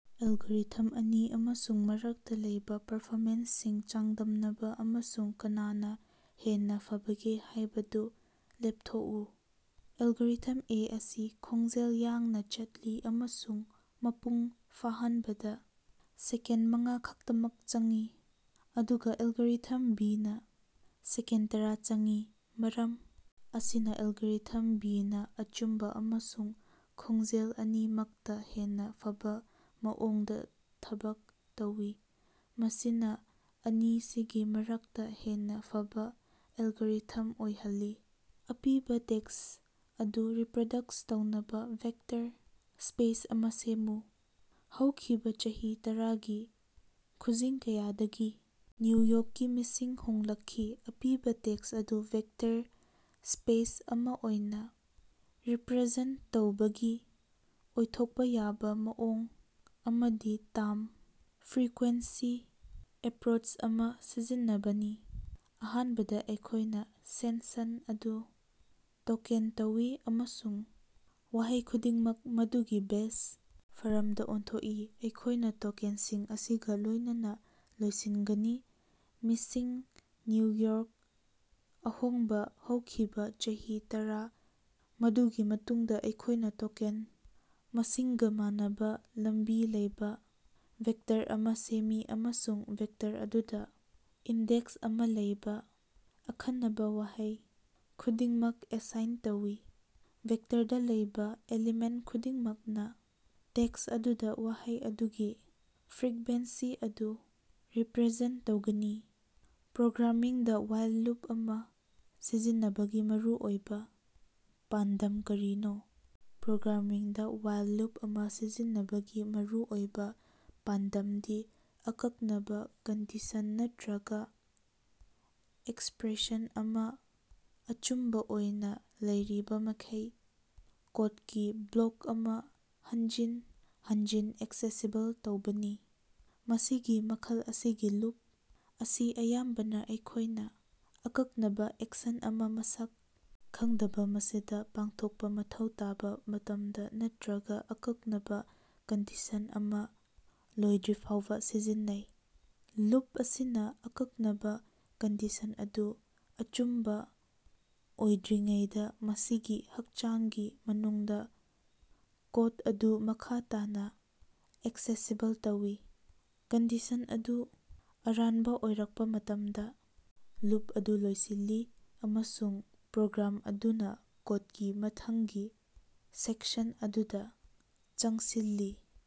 Algorithm ꯑꯅꯤ ꯑꯃꯁꯨꯡ ꯃꯔꯛꯇꯥ ꯂꯩꯕꯥ ꯄꯔꯐꯣꯃꯦꯟꯁꯁꯤꯡ ꯆꯥꯡꯗꯝꯅꯕꯥ ꯑꯃꯁꯨꯡ ꯀꯅꯥꯅꯥ ꯍꯦꯟꯅꯥ ꯐꯕꯒꯦ ꯍꯥꯏꯕꯗꯨ ꯂꯦꯞꯊꯣꯛꯎ꯫ ꯑꯦꯜꯒꯣꯔꯤꯊꯝ ꯑꯦ ꯑꯁꯤ ꯈꯣꯡꯖꯦꯜ ꯌꯥꯡꯅꯥ ꯆꯠꯂꯤ ꯑꯃꯁꯨꯡ ꯃꯄꯨꯡ ꯐꯥꯍꯟꯕꯗꯥ ꯁꯦꯀꯦꯟꯗ ꯃꯉꯥ ꯈꯛꯇꯃꯛ ꯆꯪꯏ, ꯑꯗꯨꯒꯥ ꯑꯦꯜꯒꯣꯔꯤꯊꯝ ꯕꯤꯅ ꯁꯦꯀꯦꯟꯗ ꯇꯔꯥ ꯆꯪꯏ꯫ ꯃꯔꯝ ꯑꯁꯤꯅꯥ ꯑꯦꯜꯒꯣꯔꯤꯊꯝ ꯕꯤꯅꯥ ꯑꯆꯨꯝꯕꯥ ꯑꯃꯁꯨꯡ ꯈꯣꯡꯖꯦꯜ ꯑꯅꯤꯃꯛꯇꯥ ꯍꯦꯟꯅꯥ ꯐꯕꯥ ꯃꯑꯣꯡꯗꯥ ꯊꯕꯛ ꯇꯧꯏ, ꯃꯁꯤꯅꯥ ꯑꯅꯤꯁꯤꯒꯤ ꯃꯔꯛꯇꯥ ꯍꯦꯟꯅꯥ ꯐꯕꯥ ꯑꯦꯜꯒꯣꯔꯤꯊꯝ ꯑꯣꯏꯍꯜꯂꯤ꯫ ꯑꯄꯤꯕꯥ ꯇꯦꯛꯁ ꯑꯗꯨ ꯔꯤꯄ꯭ꯔꯗꯛꯇ ꯇꯧꯅꯕꯥ ꯚꯦꯛꯇꯔ ꯁ꯭ꯄꯦꯁ ꯑꯃꯥ ꯁꯦꯝꯃꯨ꯫ ꯍꯧꯈꯤꯕꯥ ꯆꯍꯤ ꯇꯔꯥꯒꯤ ꯈꯨꯖꯤꯡ ꯀꯌꯥꯗꯒꯤ ꯅ꯭ꯌꯨ ꯌꯣꯛꯀꯤ ꯃꯤꯁꯤꯡ ꯍꯣꯡꯂꯛꯈꯤ꯫ ꯑꯄꯤꯕꯥ ꯇꯦꯛꯁ ꯑꯗꯨ ꯚꯦꯛꯇꯔ ꯁ꯭ꯄꯦꯁ ꯑꯃꯥ ꯑꯣꯏꯅꯥ ꯔꯤꯄ꯭ꯔꯖꯦꯟꯇ ꯇꯧꯕꯒꯤ ꯑꯣꯏꯊꯣꯛꯄꯥ ꯌꯥꯕꯥ ꯃꯑꯣꯡ ꯑꯃꯗꯤ ꯇꯥꯝ ꯐ꯭ꯔꯤꯀ꯭ꯋꯦꯟꯁꯤ ꯑꯦꯄ꯭ꯔꯣꯆ ꯑꯃꯥ ꯁꯤꯖꯤꯟꯅꯕꯅꯤ꯫ ꯑꯍꯥꯟꯕꯗꯥ ꯑꯩꯈꯣꯏꯅꯥ ꯁꯦꯟꯁꯟ ꯑꯗꯨ ꯇꯣꯀꯦꯟ ꯇꯧꯏ ꯑꯃꯁꯨꯡ ꯋꯥꯍꯩ ꯈꯨꯗꯤꯡꯃꯛ ꯃꯗꯨꯒꯤ ꯕꯦꯖ ꯐꯥꯔꯝꯗꯥ ꯑꯣꯟꯊꯣꯛꯏ꯫ ꯑꯩꯈꯣꯏꯅꯥ ꯇꯣꯀꯦꯟꯁꯤꯡ ꯑꯁꯤꯒꯥ ꯂꯣꯏꯅꯅꯥ ꯂꯣꯏꯁꯤꯟꯒꯅꯤ꯫ ꯃꯤꯁꯤꯡ, ꯅ꯭ꯌꯨ ꯌꯣꯔꯛ, ꯑꯍꯣꯡꯕꯥ, ꯍꯧꯈꯤꯕꯥ, ꯆꯍꯤ ꯇꯔꯥ ꯃꯗꯨꯒꯤ ꯃꯇꯨꯡꯗꯥ ꯑꯩꯈꯣꯏꯅꯥ ꯇꯣꯀꯦꯟ ꯃꯁꯤꯡꯒꯥ ꯃꯥꯟꯅꯕꯥ ꯂꯝꯕꯤ ꯂꯩꯕꯥ ꯚꯦꯛꯇꯔ ꯑꯃꯥ ꯁꯦꯝꯃꯤ ꯑꯃꯁꯨꯡ ꯚꯦꯛꯇꯔ ꯑꯗꯨꯗꯥ ꯏꯟꯗꯦꯛꯁ ꯑꯃꯥ ꯂꯩꯕꯥ ꯑꯈꯟꯅꯕꯥ ꯋꯥꯍꯩ ꯈꯨꯗꯤꯡꯃꯛ ꯑꯦꯁꯥꯏꯟ ꯇꯧꯏ꯫ ꯚꯦꯛꯇꯔꯗꯥ ꯂꯩꯕꯥ ꯑꯦꯂꯤꯃꯦꯟꯇ ꯈꯨꯗꯤꯡꯃꯛꯅꯥ ꯇꯦꯛꯁ ꯑꯗꯨꯗꯥ ꯋꯥꯍꯩ ꯑꯗꯨꯒꯤ ꯐ꯭ꯔꯤꯛꯕꯦꯟꯁꯤ ꯑꯗꯨ ꯔꯤꯄ꯭ꯔꯖꯦꯟꯇ ꯇꯧꯒꯅꯤ꯫ ꯄ꯭ꯔꯣꯒ꯭ꯔꯥꯃꯤꯡꯗꯥ ꯋꯥꯏꯜ ꯂꯨꯞ ꯑꯃꯥ ꯁꯤꯖꯤꯟꯅꯕꯒꯤ ꯃꯔꯨꯑꯣꯏꯕꯥ ꯄꯥꯟꯗꯝ ꯀꯔꯤꯅꯣ? ꯄ꯭ꯔꯣꯒ꯭ꯔꯥꯃꯤꯡꯗꯥ ꯋꯥꯏꯜ ꯂꯨꯞ ꯑꯃꯥ ꯁꯤꯖꯤꯟꯅꯕꯒꯤ ꯃꯔꯨꯑꯣꯏꯕꯥ ꯄꯥꯟꯗꯝꯗꯤ ꯑꯀꯛꯅꯕꯥ ꯀꯟꯗꯤꯁꯟ ꯅꯠꯇ꯭ꯔꯒꯥ ꯑꯦꯛꯁꯄ꯭ꯔꯦꯁꯟ ꯑꯃꯥ ꯑꯆꯨꯝꯕꯥ ꯑꯣꯏꯅꯥ ꯂꯩꯔꯤꯕꯃꯈꯩ ꯀꯣꯠꯀꯤ ꯕ꯭ꯂꯣꯛ ꯑꯃꯥ ꯍꯟꯖꯤꯟ ꯍꯟꯖꯤꯟ ꯑꯦꯛꯁꯦꯁꯤꯕꯜ ꯇꯧꯕꯅꯤ꯫ ꯃꯁꯤꯒꯤ ꯃꯈꯜ ꯑꯁꯤꯒꯤ ꯂꯨꯞ ꯑꯁꯤ ꯑꯌꯥꯝꯕꯅꯥ ꯑꯩꯈꯣꯏꯅꯥ ꯑꯀꯛꯅꯕꯥ ꯑꯦꯛꯁꯟ ꯑꯃꯥ ꯃꯁꯛ ꯈꯪꯗꯕꯥ ꯃꯁꯤꯡꯗꯥ ꯄꯥꯡꯊꯣꯛꯄꯥ ꯃꯊꯧ ꯇꯥꯕꯥ ꯃꯇꯝꯗꯥ, ꯅꯠꯇ꯭ꯔꯒꯥ ꯑꯀꯛꯅꯕꯥ ꯀꯟꯗꯤꯁꯟ ꯑꯃꯥ ꯂꯣꯏꯗ꯭ꯔꯤꯐꯥꯎꯕꯥ ꯁꯤꯖꯤꯟꯅꯩ꯫ ꯂꯨꯞ ꯑꯁꯤꯅꯥ ꯑꯀꯛꯅꯕꯥ ꯀꯟꯗꯤꯁꯟ ꯑꯗꯨ ꯑꯆꯨꯝꯕꯥ ꯑꯣꯏꯗ꯭ꯔꯤꯉꯩꯗꯥ ꯃꯁꯤꯒꯤ ꯍꯛꯆꯥꯡꯒꯤ ꯃꯅꯨꯡꯗꯥ ꯀꯣꯠ ꯑꯗꯨ ꯃꯈꯥ ꯇꯥꯅꯥ ꯑꯦꯛꯁꯦꯁꯤꯕꯜ ꯇꯧꯏ꯫ ꯀꯟꯗꯤꯁꯟ ꯑꯗꯨ ꯑꯔꯥꯟꯕꯥ ꯑꯣꯏꯔꯛꯄꯥ ꯃꯇꯝꯗꯥ, ꯂꯨꯞ ꯑꯗꯨ ꯂꯣꯏꯁꯤꯜꯂꯤ ꯑꯃꯁꯨꯡ ꯄ꯭ꯔꯣꯒ꯭ꯔꯥꯝ ꯑꯗꯨꯅꯥ ꯀꯣꯠꯀꯤ ꯃꯊꯪꯒꯤ ꯁꯦꯛꯁꯟ ꯑꯗꯨꯗꯥ ꯆꯪꯁꯤꯜꯂꯤ꯫